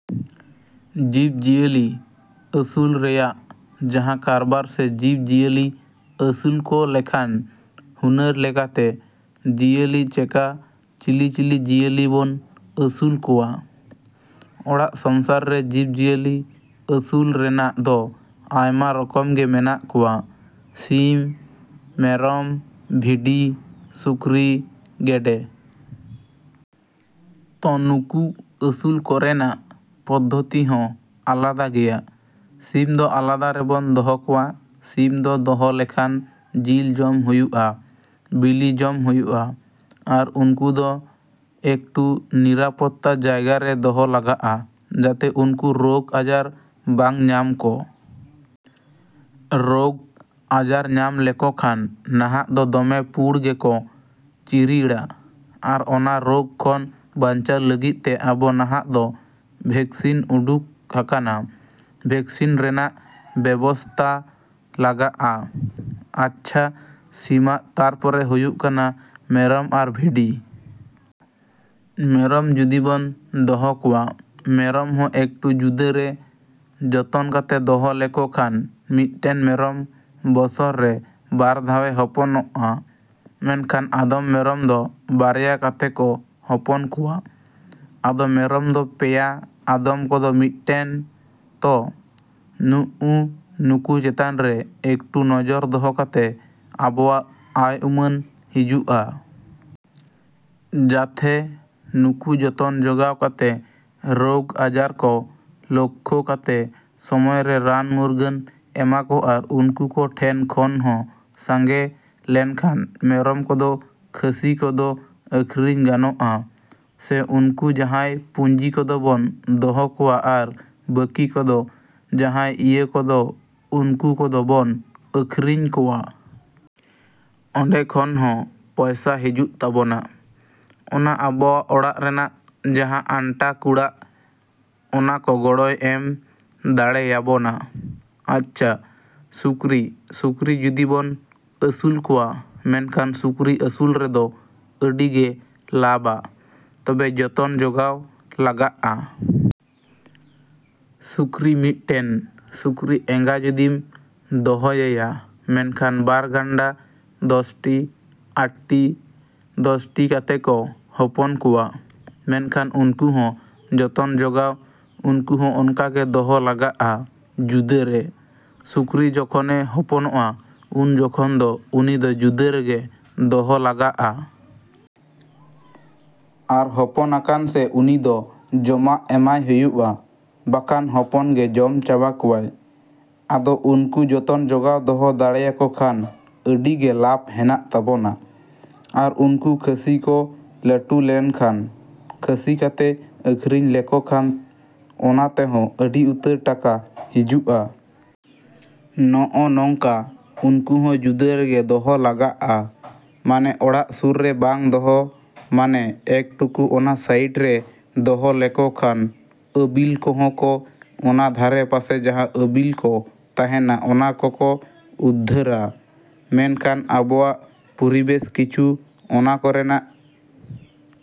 ᱡᱤᱵᱽ ᱡᱤᱭᱟᱹᱞᱤ ᱟᱹᱥᱩᱞ ᱨᱮᱭᱟᱜ ᱡᱟᱦᱟᱸ ᱠᱟᱨᱵᱟᱨ ᱥᱮ ᱡᱤᱵᱽ ᱡᱤᱭᱟᱹᱞᱤ ᱟᱹᱥᱩᱞ ᱠᱚ ᱞᱮᱠᱷᱟᱱ ᱦᱩᱱᱟᱹᱨ ᱞᱮᱠᱟᱛᱮ ᱡᱤᱭᱟᱹᱞᱤ ᱪᱮᱠᱟ, ᱪᱤᱞᱤᱼᱪᱤᱞᱤ ᱡᱤᱭᱟᱹᱞᱤ ᱵᱚᱱ ᱟᱹᱥᱩᱞ ᱠᱚᱣᱟ? ᱚᱲᱟᱜ ᱥᱚᱢᱥᱟᱨ ᱨᱮ ᱡᱤᱵᱽᱼᱡᱤᱭᱟᱹᱞᱤ ᱟᱹᱥᱩᱞ ᱨᱮᱱᱟᱜ ᱫᱚ ᱟᱭᱢᱟ ᱨᱚᱠᱚᱢ ᱜᱮ ᱢᱮᱱᱟᱜ ᱠᱚᱣᱟ: ᱥᱤᱢ, ᱢᱮᱨᱚᱢ, ᱵᱷᱤᱰᱤ, ᱥᱩᱠᱨᱤ, ᱜᱮᱰᱮ᱾ ᱛᱚ ᱱᱩᱠᱩ ᱟᱹᱥᱩᱞ ᱠᱚᱨᱮᱱᱟᱜ ᱯᱚᱫᱽᱫᱷᱚᱛᱤ ᱦᱚᱸ ᱟᱞᱟᱫᱟ ᱜᱮᱭᱟ᱾ ᱥᱤᱢ ᱫᱚ ᱟᱞᱟᱫᱟ ᱨᱮᱵᱚᱱ ᱫᱚᱦᱚ ᱠᱚᱣᱟ᱾ ᱥᱤᱢ ᱫᱚ ᱫᱚᱦᱚ ᱞᱮᱠᱷᱟᱱ ᱡᱤᱞ ᱡᱚᱢ ᱦᱩᱭᱩᱜᱼᱟ, ᱵᱤᱞᱤ ᱡᱚᱢ ᱦᱩᱭᱩᱜᱼᱟ᱾ ᱟᱨ ᱩᱱᱠᱩ ᱫᱚ ᱮᱠᱴᱩ ᱱᱤᱨᱟᱯᱚᱛᱛᱟ ᱡᱟᱭᱜᱟ ᱨᱮ ᱫᱚᱦᱚ ᱞᱟᱜᱟᱜᱼᱟ, ᱡᱟᱛᱮ ᱩᱱᱠᱩ ᱨᱳᱜᱽ ᱟᱡᱟᱨ ᱵᱟᱝ ᱧᱟᱢ ᱠᱚ᱾ ᱨᱳᱜᱽ ᱟᱡᱟᱨ ᱧᱟᱢ ᱞᱮᱠᱚ ᱠᱷᱟᱱ ᱱᱟᱦᱟᱜ ᱫᱚ ᱫᱚᱢᱮ ᱯᱩᱬ ᱜᱮᱠᱚ ᱪᱤᱨᱤᱲᱟ᱾ ᱟᱨ ᱚᱱᱟ ᱨᱳᱜᱽ ᱠᱷᱚᱱ ᱵᱟᱧᱪᱟᱣ ᱞᱟᱹᱜᱤᱫ ᱛᱮ ᱟᱵᱚ ᱱᱟᱦᱟᱜ ᱫᱚ ᱵᱷᱮᱠᱥᱤᱱ ᱩᱰᱩᱠ ᱟᱠᱟᱱᱟ, ᱵᱷᱮᱠᱥᱤᱱ ᱨᱮᱱᱟᱜ ᱵᱮᱵᱚᱥᱛᱟ ᱞᱟᱜᱟᱜᱼᱟ᱾ ᱟᱪᱪᱷᱟ, ᱥᱤᱢᱟᱜ, ᱛᱟᱨᱯᱚᱨᱮ ᱦᱩᱭᱩᱜ ᱠᱟᱱᱟ ᱢᱮᱨᱚᱢ ᱟᱨ ᱵᱷᱤᱰᱤ᱾ ᱢᱮᱨᱚᱢ ᱡᱩᱫᱤ ᱵᱚᱱ ᱫᱚᱦᱚ ᱠᱚᱣᱟ, ᱢᱮᱨᱚᱢ ᱦᱚᱸ ᱮᱠᱴᱩ ᱡᱩᱫᱟᱹᱨᱮ ᱡᱚᱛᱚᱱ ᱠᱟᱛᱮ ᱫᱚᱦᱚ ᱞᱮᱠᱚ ᱠᱷᱟᱱ ᱢᱤᱫᱴᱮᱱ ᱢᱮᱨᱚᱢ ᱵᱚᱥᱚᱨ ᱨᱮ ᱵᱟᱨ ᱫᱷᱟᱣᱮ ᱦᱚᱯᱚᱱᱚᱜᱼᱟ᱾ ᱢᱮᱱᱠᱷᱟᱱ ᱟᱫᱚᱢ ᱢᱮᱨᱚᱢ ᱫᱚ ᱵᱟᱨᱭᱟ ᱠᱟᱛᱮ ᱠᱚ ᱦᱚᱯᱚᱱ ᱠᱚᱣᱟ, ᱟᱫᱚᱢ ᱢᱮᱨᱚᱢ ᱫᱚ ᱯᱮᱭᱟ, ᱟᱫᱚᱢ ᱠᱚᱫᱚ ᱢᱤᱫᱴᱮᱱ ᱛᱚ, ᱱᱩᱜᱼᱩ ᱱᱩᱠᱩ ᱪᱮᱛᱟᱱ ᱨᱮ ᱮᱠᱴᱩ ᱱᱚᱡᱚᱨ ᱫᱚᱦᱚ ᱠᱟᱛᱮ ᱟᱵᱚᱣᱟᱜ ᱟᱭ ᱩᱢᱟᱹᱱ ᱦᱤᱡᱩᱜᱼᱟ᱾ ᱡᱟᱛᱷᱮ ᱱᱩᱠᱩ ᱡᱚᱛᱚᱱ ᱡᱚᱜᱟᱣ ᱠᱟᱛᱮ ᱨᱳᱜᱽ ᱟᱡᱟᱨ ᱠᱚ ᱞᱳᱠᱠᱷᱳ ᱠᱟᱛᱮ ᱥᱚᱢᱚᱭ ᱨᱮ ᱨᱟᱱᱼᱢᱩᱨᱜᱟᱹᱱ ᱮᱢᱟᱠᱚ ᱟᱨ ᱩᱱᱠᱩ ᱠᱚ ᱴᱷᱮᱱ ᱠᱷᱚᱱ ᱦᱚᱸ ᱥᱟᱸᱜᱮ ᱞᱮᱱᱠᱷᱟᱱ ᱢᱮᱨᱚᱢ ᱠᱚᱫᱚ ᱠᱷᱟᱹᱥᱤ ᱠᱚᱫᱚ ᱟᱹᱠᱷᱨᱤᱧ ᱜᱟᱱᱚᱜᱼᱟ᱾ ᱥᱮ ᱩᱱᱠᱩ ᱡᱟᱦᱟᱸᱭ ᱯᱩᱸᱡᱤ ᱠᱚᱫᱚ ᱵᱚᱱ ᱫᱚᱦᱚ ᱠᱚᱣᱟ ᱟᱨ ᱵᱟᱹᱠᱤ ᱠᱚᱫᱚ ᱡᱟᱦᱟᱸᱭ ᱤᱭᱟᱹ ᱠᱚᱫᱚ ᱩᱱᱠᱩ ᱠᱚᱫᱚ ᱵᱚᱱ ᱟᱹᱠᱷᱨᱤᱧ ᱠᱚᱣᱟ᱾ ᱚᱸᱰᱮ ᱠᱷᱚᱱ ᱦᱚᱸ ᱯᱚᱭᱥᱟ ᱦᱤᱡᱩᱜ ᱛᱟᱵᱚᱱᱟ᱾ ᱚᱱᱟ ᱟᱵᱚᱣᱟᱜ ᱚᱲᱟᱜ ᱨᱮᱱᱟᱜ ᱡᱟᱦᱟᱸ ᱟᱱᱴᱟ ᱠᱩᱲᱟᱜ ᱚᱱᱟ ᱠᱚ ᱜᱚᱲᱚᱭ ᱮᱢ ᱫᱟᱲᱮᱭᱟᱵᱚᱱᱟ᱾ ᱟᱪᱪᱷᱟ, ᱥᱩᱠᱨᱤ, ᱥᱩᱠᱨᱤ ᱡᱩᱫᱤ ᱵᱚᱱ ᱟᱹᱥᱩᱞ ᱠᱚᱣᱟ ᱢᱮᱱᱠᱷᱟᱱ ᱥᱩᱠᱨᱤ ᱟᱹᱥᱩᱞ ᱨᱮᱫᱚ ᱟᱹᱰᱤ ᱜᱮ ᱞᱟᱵᱟ᱾ ᱛᱚᱵᱮ ᱡᱚᱛᱚᱱ ᱡᱚᱜᱟᱣ ᱞᱟᱜᱟᱜᱼᱟ᱾ ᱥᱩᱠᱨᱤ ᱢᱤᱫᱴᱮᱱ ᱥᱩᱠᱨᱤ ᱮᱸᱜᱟ ᱡᱩᱫᱤᱢ ᱫᱚᱦᱚᱭᱮᱭᱟ ᱢᱮᱱᱠᱷᱟᱱ ᱵᱟᱨ ᱜᱟᱱᱰᱟ, ᱫᱚᱥ ᱴᱤ, ᱟᱴ ᱴᱤ, ᱫᱚᱥ ᱴᱤ ᱠᱟᱛᱮ ᱠᱚ ᱦᱚᱯᱚᱱ ᱠᱚᱣᱟ᱾ ᱢᱮᱱᱠᱷᱟᱱ ᱩᱱᱠᱩ ᱦᱚᱸ ᱡᱚᱛᱚᱱ ᱡᱚᱜᱟᱣ ᱩᱱᱠᱩ ᱦᱚᱸ ᱚᱱᱠᱟ ᱜᱮ ᱫᱚᱦᱚ ᱞᱟᱜᱟᱜᱼᱟ ᱡᱩᱫᱟᱹᱨᱮ᱾ ᱥᱩᱠᱨᱤ ᱡᱚᱠᱷᱚᱱᱮ ᱦᱚᱯᱚᱱᱚᱜᱼᱟ ᱩᱱ ᱡᱚᱠᱷᱚᱱ ᱫᱚ ᱩᱱᱤ ᱫᱚ ᱡᱩᱫᱟᱹ ᱨᱮᱜᱮ ᱫᱚᱦᱚ ᱞᱟᱜᱟᱜᱼᱟ᱾ ᱟᱨ ᱦᱚᱯᱚᱱᱟᱠᱟᱱ ᱥᱮ ᱩᱱᱤ ᱫᱚ ᱡᱚᱢᱟᱜ ᱮᱢᱟᱭ ᱦᱩᱭᱩᱜᱼᱟ ᱵᱟᱠᱷᱟᱱ ᱦᱚᱯᱚᱱ ᱜᱮ ᱡᱚᱢ ᱪᱟᱵᱟ ᱠᱚᱣᱟᱭ᱾ ᱟᱫᱚ ᱩᱱᱠᱩ ᱡᱚᱛᱚᱱ ᱡᱚᱜᱟᱣ ᱫᱚᱦᱚ ᱫᱟᱲᱮᱭᱟᱠᱚ ᱠᱷᱟᱱ ᱟᱹᱰᱤ ᱜᱮ ᱞᱟᱵᱽ ᱦᱮᱱᱟᱜ ᱛᱟᱵᱚᱱᱟ᱾ ᱟᱨ ᱩᱱᱠᱩ ᱠᱷᱟᱹᱥᱤ ᱠᱚ ᱞᱟᱹᱴᱩ ᱞᱮᱱᱠᱷᱟᱱ ᱠᱷᱟᱹᱥᱤ ᱠᱟᱛᱮ ᱟᱹᱠᱷᱨᱤᱧ ᱞᱮᱠᱚ ᱠᱷᱟᱱ ᱚᱱᱟ ᱛᱮᱦᱚᱸ ᱟᱹᱰᱤ ᱩᱛᱟᱹᱨ ᱴᱟᱠᱟ ᱦᱤᱡᱩᱜᱼᱟ᱾ ᱱᱚᱜᱼᱚ ᱱᱚᱝᱠᱟ ᱩᱱᱠᱩ ᱦᱚᱸ ᱡᱩᱫᱟᱹ ᱨᱮᱜᱮ ᱫᱚᱦᱚ ᱞᱟᱜᱟᱜᱼᱟ᱾ ᱢᱟᱱᱮ ᱚᱲᱟᱜ ᱥᱩᱨ ᱨᱮ ᱵᱟᱝ ᱫᱚᱦᱚ ᱢᱟᱱᱮ ᱮᱠ ᱴᱩᱠᱩ ᱚᱱᱟ ᱥᱟᱭᱤᱰ ᱨᱮ ᱫᱚᱦᱚ ᱞᱮᱠᱚ ᱠᱷᱟᱱ ᱟᱹᱵᱤᱞ ᱠᱚᱦᱚᱸ ᱠᱚ ᱚᱱᱟ ᱫᱷᱟᱨᱮ ᱯᱟᱥᱮ ᱡᱟᱦᱟᱸ ᱟᱹᱵᱤᱞ ᱠᱚ ᱛᱟᱦᱮᱱᱟ ᱚᱱᱟ ᱠᱚᱠᱚ ᱩᱫᱽᱫᱷᱟᱹᱨᱟ᱾ ᱢᱮᱱᱠᱷᱟᱱ ᱟᱵᱚᱣᱟᱜ ᱯᱚᱨᱤᱵᱮᱥ ᱠᱤᱪᱷᱩ ᱚᱱᱟ ᱠᱚᱨᱮᱱᱟᱜ᱾